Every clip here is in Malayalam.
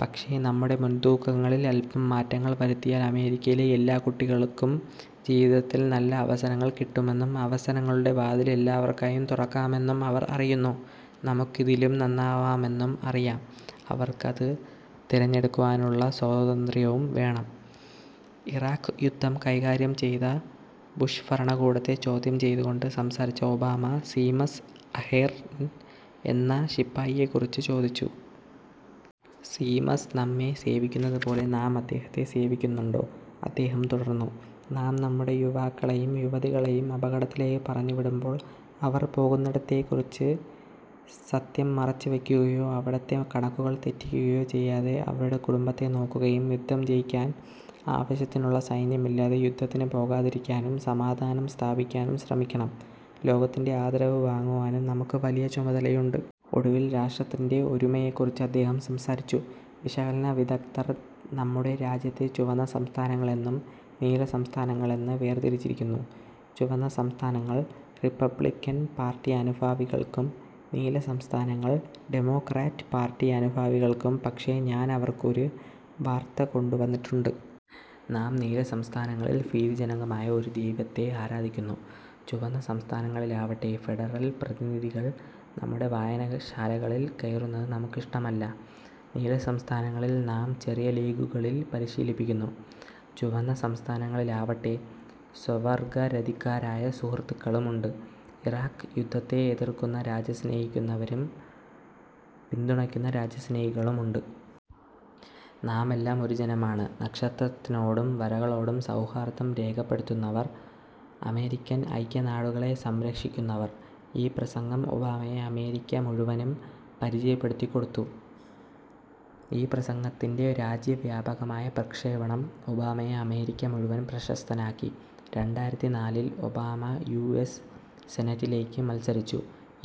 പക്ഷേ നമ്മുടെ മുൻതൂക്കങ്ങളിൽ അല്പം മാറ്റങ്ങൾ വരുത്തിയാൽ അമേരിക്കയിലെ എല്ലാ കുട്ടികൾക്കും ജീവിതത്തിൽ നല്ല അവസരങ്ങൾ കിട്ടുമെന്നും അവസരങ്ങളുടെ വാതിൽ എല്ലാവർക്കായും തുറക്കാമെന്നും അവർ അറിയുന്നു. നമുക്ക് ഇതിലും നന്നാവാമെന്നും അറിയാം. അവർക്ക് അത് തിരഞ്ഞെടുക്കുവാനുള്ള സ്വാതന്ത്രവും വേണം. " ഇറാഖ് യുദ്ധം കൈകാര്യം ചെയ്ത ബുഷ് ഭരണകൂടത്തെ ചോദ്യം ചെയ്തുകൊണ്ട് സംസാരിച്ച ഒബാമ, സീമസ് അഹെർൻ എന്ന ശിപ്പായിയെക്കുറിച്ച് ചോദിച്ചു. "സീമസ് നമ്മെ സേവിക്കുന്നതുപോലെ നാം അദ്ദേഹത്തേ സേവിക്കുന്നുണ്ടോ? " അദ്ദേഹം തുടർന്നു: "നാം നമ്മുടെ യൂവാക്കളേയും യുവതികളേയും അപകടത്തിലേക്ക് പറഞ്ഞു വിടുമ്പോൾ, അവർ പോകുന്നിടത്തേക്കുറിച്ച് സത്യം മറച്ച് വയ്ക്കുകയോ അവിടത്തെ കണക്കുകൾ തെറ്റിക്കുകയോ ചെയ്യാതെ, അവരുടെ കുടുംബത്തെ നോക്കുകയും, യുദ്ധം ജയിക്കാൻ ആവശ്യത്തിനുള്ള സൈന്യമില്ലാതെ യുദ്ധത്തിനു പോകാതിരിക്കാനും, സമാധാനം സ്ഥാപിക്കാനും ശ്രമിക്കണം, ലോകത്തിന്റെ ആദരവ് വാങ്ങുവാനും നമുക്ക് വലിയ ചുമതലയുണ്ട്. " ഒടുവിൽ രാഷ്ട്രത്തിന്റെ ഒരുമയെക്കുറിച്ച് അദ്ദേഹം സംസാരിച്ചു: വിശകലന വിദഗ്ദ്ധർ നമ്മുടെ രാജ്യത്തെ ചുവന്ന സംസ്ഥാനങ്ങൾ എന്നും നീല സംസ്ഥാനങ്ങൾ എന്ന് വേർതിരിച്ചിരിക്കുന്നു; ചുവന്ന സംസ്ഥാനങ്ങൾ റിപ്പബ്ലിക്കൻ പാർട്ടി അനുഭാവികൾക്കും, നീല സംസ്ഥാനങ്ങൾ ഡെമോക്രാറ്റ് പാർട്ടി അനുഭാവികൾക്കും. പക്ഷേ ഞാൻ അവർക്ക് ഒരു വാർത്ത കൊണ്ടുവന്നിട്ടുണ്ട്. നാം നീല സംസ്ഥാനങ്ങളിൽ ഭീതിജനകമായ ഒരു ദൈവത്തെ ആരാധിക്കുന്നു, ചുവന്ന സംസ്ഥാനങ്ങളിലാവട്ടെ ഫെഡറൽ പ്രതിനിധികൾ നമ്മുടെ വായനശാലകളിൽ കയറുന്നത് നമുക്ക് ഇഷ്ടമല്ല. നീല സംസ്ഥാനങ്ങളിൽ നാം ചെറിയ ലീഗുകളിൽ പരിശീലിപ്പിക്കുന്നു, ചുവന്ന സംസ്ഥാനങ്ങളിൽ ആവട്ടെ സ്വവർഗരതിക്കാരായ സുഹ്രുത്തുക്കളും ഉണ്ട്. ഇറാഖ് യുദ്ധത്തെ എതിർക്കുന്ന രാജ്യസ്നേഹിക്കുന്നവരും പിന്തുണക്കുന്ന രാജ്യസ്നേഹികളും ഉണ്ട്. നാം എല്ലാം ഒരു ജനമാണ്, നക്ഷത്രത്തിനോടും വരകളോടും സൗഹാർദം രേഖപ്പെടുത്തുന്നവർ, അമേരിക്കൻ ഐക്യനാടുകളെ സംരക്ഷിക്കുന്നവർ. ഈ പ്രസംഗം ഒബാമയെ അമേരിക്ക മുഴുവനും പരിചയപ്പെടുത്തിക്കൊടുത്തു. ഈ പ്രസംഗത്തിന്റെ രാജ്യവ്യാപകമായ പ്രക്ഷേപണം ഒബാമയെ അമേരിക്ക മുഴുവൻ പ്രശസ്തനാക്കി. " രണ്ടായിരത്തിനാലിൽ, ഒബാമ യു. എസ്. സെനറ്റിലേക്ക് മത്സരിച്ചു.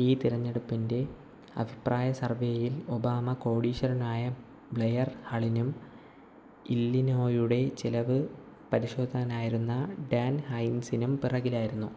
ഈ തിരഞ്ഞെടുപ്പിന്റെ അഭിപ്രായ സർവേയിൽ ഒബാമ കോടീശ്വരനായ ബ്ലെയർ ഹളിനും ഇല്ലിനോയിയുടെ ചെലവ് പരിശോധകനായിരുന്ന ഡാൻ ഹൈൻസിനും പിറകിലായിരുന്നു.